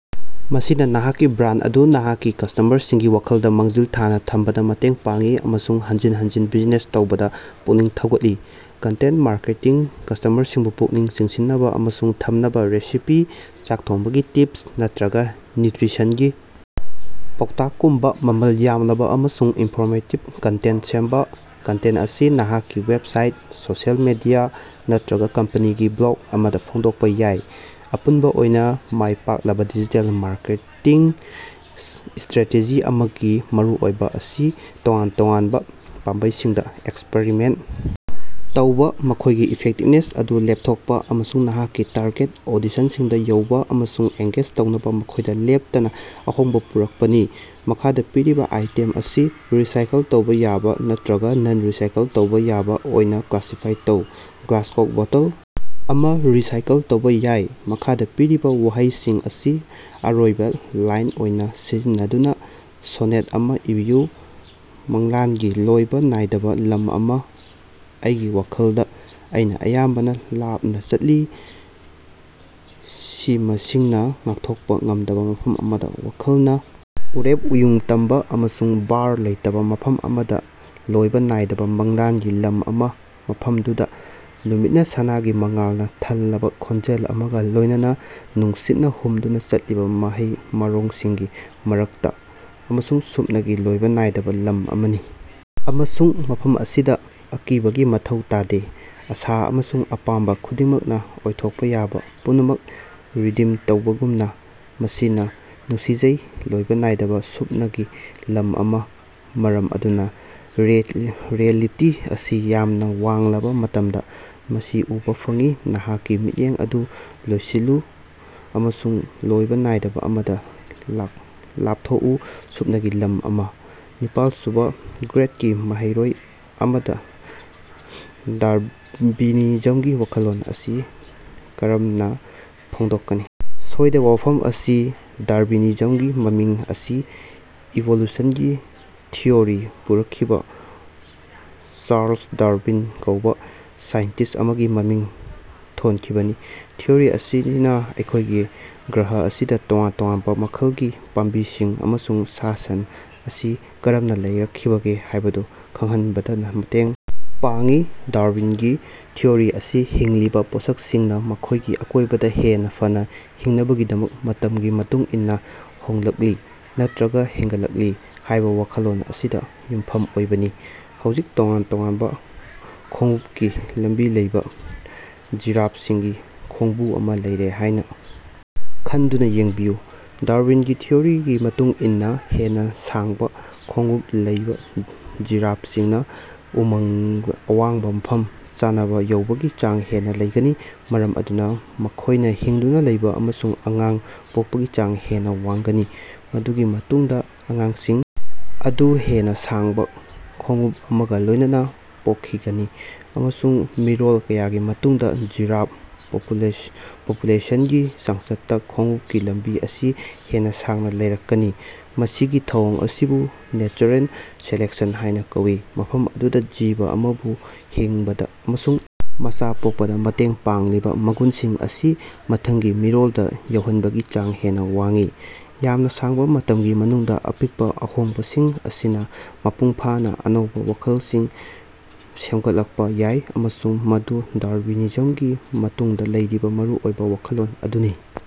ꯃꯁꯤꯅ ꯅꯍꯥꯛꯀꯤ ꯕ꯭ꯔꯥꯟꯗ ꯑꯗꯨ ꯅꯍꯥꯛꯀꯤ ꯀꯁ꯭ꯇꯃꯔꯁꯤꯡꯒꯤ ꯋꯥꯈꯜꯗ‌ ꯃꯥꯡꯖꯤꯜ ꯊꯥꯅ ꯊꯝꯕꯗ ꯃꯇꯦꯡ ꯄꯥꯡꯏ ꯑꯃꯁꯨꯡ ꯍꯟꯖꯤꯟ ꯍꯟꯖꯤꯟ ꯕꯤꯖꯤꯅꯦꯁ ꯇꯧꯕꯗ ꯄꯨꯛꯅꯤꯡ ꯊꯧꯒꯠꯂꯤ꯫ ꯀꯟꯇꯦꯟꯇ ꯃꯥꯔꯀꯦꯇꯤꯡ - ꯀꯁ꯭ꯇꯃꯔꯁꯤꯡꯕꯨ ꯄꯨꯛꯅꯤꯡ ꯆꯤꯡꯁꯤꯟꯅꯕ ꯑꯃꯁꯨꯡ ꯊꯝꯅꯕ ꯔꯦꯁꯤꯄꯤ, ꯆꯥꯛ ꯊꯣꯡꯕꯒꯤ ꯇꯤꯞꯁ ꯅꯠꯇꯔꯒ ꯅ꯭ꯌꯨꯇꯔꯤꯁꯟꯒꯤ ꯄꯥꯎꯇꯥꯛꯀꯨꯝꯕ ꯃꯃꯜ ꯌꯥꯝꯂꯕ ꯑꯃꯁꯨꯡ ꯏꯟꯐꯣꯔꯃꯦꯇꯤꯕ ꯀꯟꯇꯦꯟꯇ ꯁꯦꯝꯕ꯫ ꯀꯟꯇꯦꯟꯇ ꯑꯁꯤ ꯅꯍꯥꯛꯀꯤ ꯋꯦꯕꯁꯥꯏꯠ, ꯁꯣꯁꯤꯑꯦꯜ ꯃꯤꯗꯤꯌꯥ ꯅꯠꯇꯔꯒ ꯀꯝꯄꯅꯤꯒꯤ ꯕ꯭ꯂꯣꯒ ꯑꯃꯗ ꯐꯣꯡꯗꯣꯛꯄ ꯌꯥꯏ꯫ ꯑꯄꯨꯟꯕ ꯑꯣꯏꯅ, ꯃꯥꯏ ꯄꯥꯛꯂꯕ ꯗꯤꯖꯤꯇꯦꯜ ꯃꯥꯔꯀꯦꯇꯤꯡ ꯁ꯭ꯠꯔꯦꯇꯦꯖꯤ ꯑꯃꯒꯤ ꯃꯔꯨꯑꯣꯏꯕ ꯑꯁꯤ ꯇꯣꯉꯥꯟ ꯇꯣꯉꯥꯟꯕ ꯄꯥꯝꯕꯩꯁꯤꯡꯗ ꯑꯦꯛꯁꯄꯔꯤꯃꯦꯟꯇ ꯇꯧꯕ, ꯃꯈꯣꯏꯒꯤ ꯏꯐꯦꯛꯇꯤꯕꯅꯦꯁ ꯑꯗꯨ ꯂꯦꯞꯊꯣꯛꯄ, ꯑꯃꯁꯨꯡ ꯅꯍꯥꯛꯀꯤ ꯇꯥꯔꯒꯦꯠ ꯑꯣꯗꯤꯁꯟꯁꯤꯡꯗ ꯌꯧꯕꯥ ꯑꯃꯁꯨꯡ ꯑꯦꯡꯒꯦꯖ ꯇꯧꯅꯕ ꯃꯈꯣꯏꯗ ꯂꯦꯞꯇꯅ ꯑꯍꯣꯡꯕ ꯄꯨꯔꯛꯄꯅꯤ꯫ ꯃꯈꯥꯗ ꯄꯤꯔꯤꯕ ꯑꯥꯏꯇꯦꯝ ꯑꯁꯤ ꯔꯤꯁꯥꯏꯀꯜ ꯇꯧꯕ‌ ꯌꯥꯕ ꯅꯠꯇꯔꯒ ꯅꯟ-ꯔꯤꯁꯥꯏꯀꯜ ꯇꯧꯕ ꯌꯥꯕ ꯑꯣꯏꯅ ꯀ꯭ꯂꯥꯁꯤꯐꯥꯏ ꯇꯧ꯫ ꯒ꯭ꯂꯥꯁꯀꯣꯛ ꯕꯣꯇꯜ ꯑꯃ ꯔꯤꯁꯥꯏꯀꯜ ꯇꯧꯕ ꯌꯥꯏ꯫ ꯃꯈꯥꯗ ꯄꯤꯔꯤꯕ ꯋꯥꯍꯩꯁꯤꯡ ꯑꯁꯤ ꯑꯔꯣꯏꯕ ꯂꯥꯏꯟ ꯑꯣꯏꯅ ꯁꯤꯖꯤꯟꯅꯗꯨꯅ ꯁꯣꯅꯦꯠ ꯑꯃ ꯏꯕꯤꯌꯨ꯫ ꯃꯪꯂꯥꯟꯒꯤ ꯂꯣꯏꯕ ꯅꯥꯏꯗꯕ ꯂꯝ ꯑꯃ - ꯑꯩꯒꯤ ꯋꯥꯈꯜꯗ, ꯑꯩꯅ ꯑꯌꯥꯝꯕꯅ ꯂꯥꯞꯅ ꯆꯠꯂꯤ, ꯁꯤꯃꯁꯤꯡꯅ ꯉꯥꯛꯊꯣꯛꯄ ꯉꯝꯗꯕ ꯃꯐꯝ ꯑꯃꯗ ꯋꯥꯈꯜꯅ ꯎꯔꯦꯞ ꯎꯌꯨꯡ ꯇꯝꯕ ꯑꯃꯁꯨꯡ ꯕꯥꯔ ꯂꯩꯇꯕ ꯃꯐꯝ ꯑꯃꯗ ꯂꯣꯏꯕ ꯅꯥꯏꯗꯕ ꯃꯪꯂꯥꯟꯒꯤ ꯂꯝ ꯑꯃ ꯃꯐꯝꯗꯨꯗ, ꯅꯨꯃꯤꯠꯅ ꯁꯅꯥꯒꯤ ꯃꯉꯥꯜꯅ ꯊꯜꯂꯕ ꯈꯣꯟꯖꯦꯜ ꯑꯃꯒ ꯂꯣꯏꯅꯅ ꯅꯨꯡꯁꯤꯠꯅ ꯍꯨꯝꯗꯨꯅ ꯆꯠꯂꯤꯕ ꯃꯍꯩ ꯃꯔꯣꯡꯁꯤꯡꯒꯤ ꯃꯔꯛꯇ꯫ ꯑꯃꯁꯨꯡ ꯁꯨꯞꯅꯒꯤ ꯂꯣꯏꯕ ꯅꯥꯏꯗꯕ ꯂꯝ ꯑꯃꯅꯤ ꯑꯃꯁꯨꯡ ꯃꯐꯝ ꯑꯁꯤꯗ, ꯑꯀꯤꯕꯒꯤ ꯃꯊꯧ ꯇꯥꯗꯦ ꯑꯥꯁꯥ ꯑꯃꯁꯨꯡ ꯑꯄꯥꯝꯕ ꯈꯨꯗꯤꯡꯃꯛꯅ ꯑꯣꯏꯊꯣꯛꯄ ꯌꯥꯕ ꯄꯨꯝꯅꯃꯛ ꯔꯤꯗꯤꯝ ꯇꯧꯕꯒꯨꯝꯅꯥ, ꯃꯁꯤꯅ ꯅꯨꯡꯁꯤꯖꯩ ꯂꯣꯏꯕ ꯅꯥꯏꯗꯕ ꯁꯨꯞꯅꯒꯤ ꯂꯝ ꯑꯃ ꯃꯔꯝ ꯑꯗꯨꯅ ꯔꯤꯑꯦꯂꯤꯇꯤ ꯑꯁꯤ ꯌꯥꯝꯅ ꯋꯥꯡꯂꯕ‌ ꯃꯇꯝꯗ ꯃꯁꯤ ꯎꯕꯥ ꯐꯪꯏ ꯅꯍꯥꯛꯀꯤ ꯃꯤꯠꯌꯦꯡ ꯑꯗꯨ ꯂꯣꯠꯁꯤꯜꯂꯨ ꯑꯃꯁꯨꯡ ꯂꯣꯏꯕ ꯅꯥꯏꯗꯕ ꯑꯃꯗ ꯂꯥꯞꯊꯣꯛꯎ ꯁꯨꯞꯅꯒꯤ ꯂꯝ ꯑꯃ꯫ ꯅꯤꯄꯥꯜꯁꯨꯕ ꯒ꯭ꯔꯦꯗꯀꯤ ꯃꯍꯩꯔꯣꯏ ꯑꯃꯗ ꯗꯥꯔꯕꯤꯅꯤꯖꯝꯒꯤ ꯋꯥꯈꯜꯂꯣꯟ ꯑꯁꯤ ꯀꯔꯝꯅꯥꫪ ꯐꯣꯡꯗꯣꯛꯀꯅꯤ? ꯁꯣꯏꯗꯕ ꯋꯥꯐꯝ ꯑꯁꯤ, ꯗꯥꯔꯕꯤꯅꯤꯖꯝꯒꯤ ꯃꯃꯤꯡ ꯑꯁꯤ ꯏꯚꯣꯂꯨꯁꯟꯒꯤ ꯊꯤꯑꯣꯔꯤ ꯄꯨꯔꯛꯈꯤꯕ ꯆꯥꯔ꯭ꯂꯁ ꯗꯥꯔꯕꯤꯟ ꯀꯧꯕ ꯁꯥꯏꯟꯇꯤꯁ꯭ꯠ ꯑꯃꯒꯤ ꯃꯃꯤꯡ ꯊꯣꯟꯈꯤꯕꯅꯤ꯫ ꯊꯤꯑꯣꯔꯤ ꯑꯁꯤꯅ ꯑꯩꯈꯣꯏꯒꯤ ꯒ꯭ꯔꯍ ꯑꯁꯤꯗ ꯇꯣꯉꯥꯟ ꯇꯣꯉꯥꯟꯕ ꯃꯈꯜꯒꯤ ꯄꯥꯝꯕꯤꯁꯤꯡ ꯑꯃꯁꯨꯡ ꯁꯥ-ꯁꯟꯁꯤꯡ ꯑꯁꯤ ꯀꯔꯝꯅ ꯂꯩꯔꯛꯈꯤꯕꯒꯦ ꯍꯥꯏꯕꯗꯨ ꯈꯪꯍꯟꯕꯗ ꯃꯇꯦꯡ ꯄꯥꯡꯏ꯫ ꯗꯥꯔꯕꯤꯟꯒꯤ ꯊꯤꯑꯣꯔꯤ ꯑꯁꯤ ꯍꯤꯡꯂꯤꯕ ꯄꯣꯠꯁꯛꯁꯤꯡꯅ ꯃꯈꯣꯏꯒꯤ ꯑꯀꯣꯏꯕꯗ ꯍꯦꯟꯅ ꯐꯅ ꯍꯤꯡꯅꯕꯒꯤꯗꯃꯛ ꯃꯇꯝꯒꯤ ꯃꯇꯨꯡ ꯏꯟꯅ ꯍꯣꯡꯂꯛꯂꯤ, ꯅꯠꯇꯔꯒ ꯍꯦꯟꯒꯠꯂꯛꯏ ꯍꯥꯏꯕ ꯋꯥꯈꯜꯂꯣꯟ ꯑꯁꯤꯗ ꯌꯨꯝꯐꯝ ꯑꯣꯏꯕꯅꯤ꯫ ꯍꯧꯖꯤꯛ, ꯇꯣꯉꯥꯟ ꯇꯣꯉꯥꯟꯕ ꯈꯣꯡꯎꯞꯀꯤ ꯂꯝꯕꯤ ꯂꯩꯕ ꯖꯤꯔꯥꯐꯁꯤꯡꯒꯤ ꯈꯣꯡꯕꯨ ꯑꯃ ꯂꯩꯔꯦ ꯍꯥꯏꯅ ꯈꯟꯗꯨꯅ ꯌꯦꯡꯕꯤꯌꯨ꯫ ꯗꯥꯔꯕꯤꯟꯒꯤ ꯊꯤꯑꯣꯔꯤꯒꯤ ꯃꯇꯨꯡ ꯏꯟꯅ ꯍꯦꯟꯅ ꯁꯥꯡꯕ ꯈꯣꯡꯎꯞ ꯂꯩꯕ ꯖꯤꯔꯥꯐꯁꯤꯡꯅ ꯎꯃꯪꯗ ꯑꯋꯥꯡꯕ ꯃꯐꯝꯗ ꯆꯥꯅꯕ ꯌꯧꯕꯒꯤ ꯆꯥꯡ ꯍꯦꯟꯅ ꯂꯩꯒꯅꯤ, ꯃꯔꯝ ꯑꯗꯨꯅ ꯃꯈꯣꯏꯅ ꯍꯤꯡꯗꯨꯅ ꯂꯩꯕ ꯑꯃꯁꯨꯡ ꯑꯉꯥꯡ ꯄꯣꯛꯄꯒꯤ ꯆꯥꯡ ꯍꯦꯟꯅ ꯋꯥꯡꯒꯅꯤ꯫ ꯃꯗꯨꯒꯤ ꯃꯇꯨꯡꯗ ꯑꯉꯥꯡꯁꯤꯡ ꯑꯗꯨ ꯍꯦꯟꯅ ꯁꯥꯡꯕ ꯈꯣꯡꯎꯞ ꯑꯃꯒ ꯂꯣꯏꯅꯅ ꯄꯣꯛꯈꯤꯒꯅꯤ, ꯑꯃꯁꯨꯡ ꯃꯤꯔꯣꯜ ꯀꯌꯥꯒꯤ ꯃꯇꯨꯡꯗ ꯖꯤꯔꯥꯐ ꯄꯣꯄꯨꯂꯦꯁꯟꯒꯤ ꯆꯥꯡꯆꯠꯇ ꯈꯣꯡꯎꯞꯀꯤ ꯂꯝꯕꯤ ꯑꯁꯤ ꯍꯦꯟꯅ ꯁꯥꯡꯅ ꯂꯩꯔꯛꯀꯅꯤ꯫ ꯃꯁꯤꯒꯤ ꯊꯧꯑꯣꯡ ꯑꯁꯤꯕꯨ ꯅꯦꯆꯔꯦꯜ ꯁꯦꯂꯦꯛꯁꯟ ꯍꯥꯏꯅ ꯀꯧꯏ, ꯃꯐꯝ ꯑꯗꯨꯗ ꯖꯤꯕ ꯑꯃꯕꯨ ꯍꯤꯡꯕꯗ‌ ꯑꯃꯁꯨꯡ ꯃꯆꯥ ꯄꯣꯛꯄꯗ ꯃꯇꯦꯡ ꯄꯥꯡꯂꯤꯕ ꯃꯒꯨꯟꯁꯤꯡ ꯑꯁꯤ ꯃꯊꯪꯒꯤ ꯃꯤꯔꯣꯜꯗ ꯌꯧꯍꯟꯕꯒꯤ ꯆꯥꯡ ꯍꯦꯟꯅ ꯋꯥꯡꯏ꯫ ꯌꯥꯝꯅ ꯁꯥꯡꯕ ꯃꯇꯝꯒꯤ ꯃꯅꯨꯡꯗ ꯑꯄꯤꯛꯄ ꯑꯍꯣꯡꯕꯁꯤꯡ ꯑꯁꯤꯅ ꯃꯄꯨꯡꯐꯥꯅ ꯑꯅꯧꯕ ꯃꯈꯜꯁꯤꯡ ꯁꯦꯝꯒꯠꯂꯛꯄ ꯌꯥꯏ꯫ ꯑꯃꯁꯨꯡ ꯃꯗꯨ ꯗꯥꯔꯕꯤꯅꯤꯖꯝꯒꯤ ꯃꯇꯨꯡꯗ ꯂꯩꯔꯤꯕ ꯃꯔꯨ ꯑꯣꯏꯕ ꯋꯥꯈꯜꯂꯣꯟ ꯑꯗꯨꯅꯤ꯫